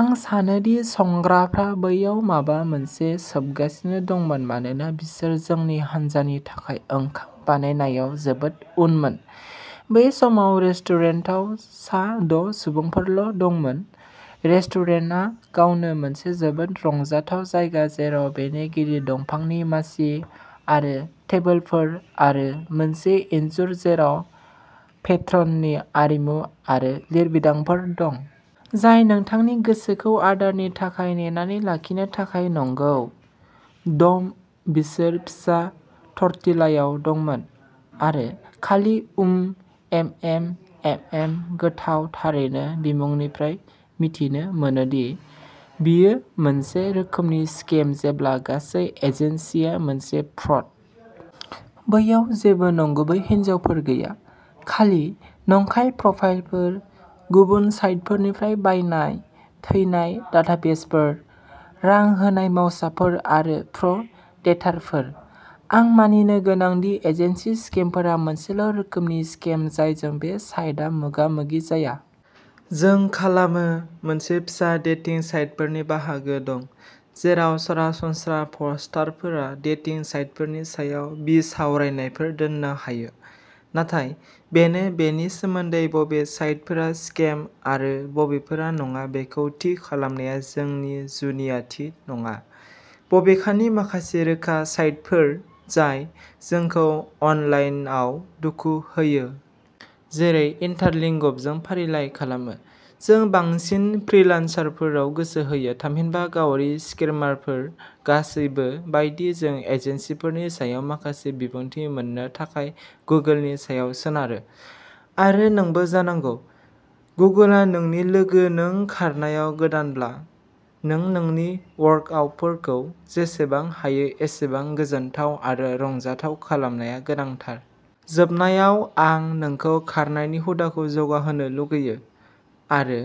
आं सानो दि संग्राफ्रा बैयाव माबा मोनसे सोबगासिनो दंमोन मानोना बिसोर जोंनि हान्जानि थाखाय ओंखाम बानायनायाव जोबोद उनमोन बै समाव रेस्टुरेन्टाव सा द' सुबुंफोरल'दंमोन। रेस्टुरेन्टआ गावनो मोनसे जोबोद रंजाथाव जायगा जेराव बेनि गिदिर दंफांनि मासि आरो टेबोलफोर आरो मोनसे इनजुर जेराव पेट्रननि आरिमु आरो लिरबिदांफोर दं। जाय नोंथांनि गोसोखौ आदारनि थाखाय नेनानै लाखिनो थाखाय नंगौ, डम बिसोर फिसा टर्टिलायाव दंमोन आरो खालि उम एमएम एमएम गोथाव थारैनो बिमुंनिफ्राय मिथिनो मोनोदि, बेयो मोनसे रोखोमनि स्केम जेब्ला गासै एजेन्सिआ मोनसे फ्रड। बैयाव जेबो नंगुबै हिनजावफोर गैया, खालि नंखाय प्रफाइलफोर, गुबुन साइटफोरनिफ्राय बायनाय "थैनाय" डाटाबेसफोर, रां होनाय मावसाफोर आरो प्र' डेटारफोर। आं मानिनो गोनां दि एजेन्सि स्केमफोरा मोनसेल'रोखोमनि स्केम जायजों बे साइटआ मोगा मोगि जाया। जों खालामो, मोनसे फिसा डेटिं साइटफोरनि बाहागो दं, जेराव सरासनस्रा पस्टारफोरा डेटिं साइटफोरनि सायाव बिसावरायनायफोर दोननो हायो, नाथाय बेनो बेनि सोमोन्दै बबे साइटफोरा स्केम आरो बबेफोरा नङा बेखौ थि खालामनाया जोंनि जुनियाथि नङा, बबेखानि माखासे रोखा साइटफोर जाय जोंखौ अनलाइनआव दुखु होयो। जेरै इन्टारलिंगभ जों फारिलाइ खालामो। जों बांसिन "फ्रीलान्सारफोर" आव गोसो होयो, थामहिनबा गावारि स्केमारफोर गासैबो बायदि जों एजेन्सिफोरनि सायाव माखासे बिबुंथि मोननो थाखाय गुगोलनि सायाव सोनारो, आरो नोंबो जानांगौ। गुगोलआ नोंनि लोगो नों खारनायाव गोदानब्ला, नों नोंनि वर्कआउटफोरखौ जेसेबां हायो एसेबां गोजोनथाव आरो रंजाथाव खालामनाया गोनांथार। जोबनायाव, आं नोंखौ खारनायनि हुदाखौ जौगाहोनो लुगैयो, आरो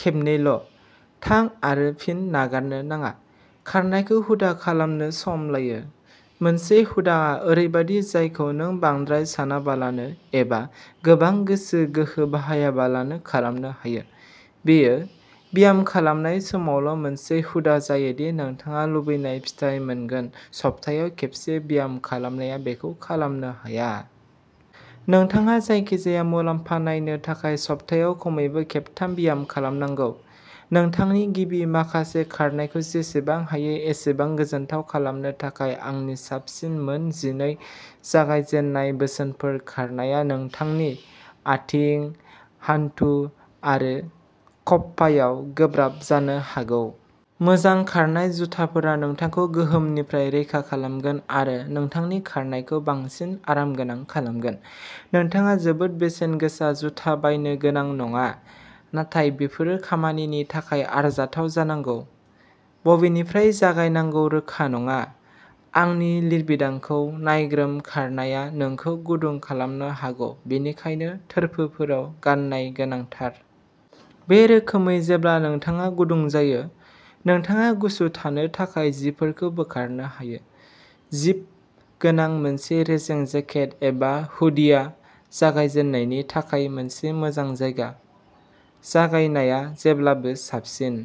खेबनैल'थां आरो फिन नागारनो नाङा। खारनायखौ हुदा खालामनो सम लायो। मोनसे हुदाआ ओरैबायदि जायखौ नों बांद्राय सानालाबानो एबा गोबां गोसो गोहो बाहायालाबानो खालामनो हायो। बेयो ब्यामखालामनाय समावल' मोनसे हुदा जायो दि नोंथाङा लुबैनाय फिथाइ मोनगोन सप्तायाव खेबसे ब्याम खालामनाया बेखौ खालामनो हाया। नोंथाङा जायखिजाया मुलाम्फा नायनो थाखाय सप्तायाव खमैबो खेबथाम ब्याम खालामनांगौ। नोंथांनि गिबि माखासे खारनायखौ जेसेबां हायो एसेबां गोजोनथाव खालामनो थाखाय आंनि साबसिन मोन जिनै जागायजेननाय बोसोनफोर खारनाया नोंथांनि आथिं, हान्थु आरो खप्पायाव गोब्राब जानो हागौ। मोजां खारनाय जुथाफोरा नोंथांखौ गोहोमनिफ्राय रैखा खालामगोन आरो नोंथांनि खारनायखौ बांसिन आरामगोनां खालामगोन। नोंथाङा जोबोद बेसेन गोसा जुथा बायनो गोनां नङा, नाथाय बेफोरो खामानिनि थाखाय आरजाथाव जानांगौ। बबेनिफ्राय जागायनांगौ रोखा नङा। आंनि लिरबिदांखौ नायग्रोम, खारनाया नोंखौ गुदुं खालामनो हागौ बेनिखायनो थोरफोफोराव गाननाय गोनांथार। बे रोखोमै जेब्ला नोंथाङा गुदुं जायो, नोंथाङा गुसु थानो थाखाय जिफोरखौ बोखारनो हायो। जिप गोनां मोनसे रेजें जेकेट एबा हुडिया जागायजेन्नायनि थाखाय मोनसे मोजां जायगा। जागायनाया जेब्लाबो साबसिन।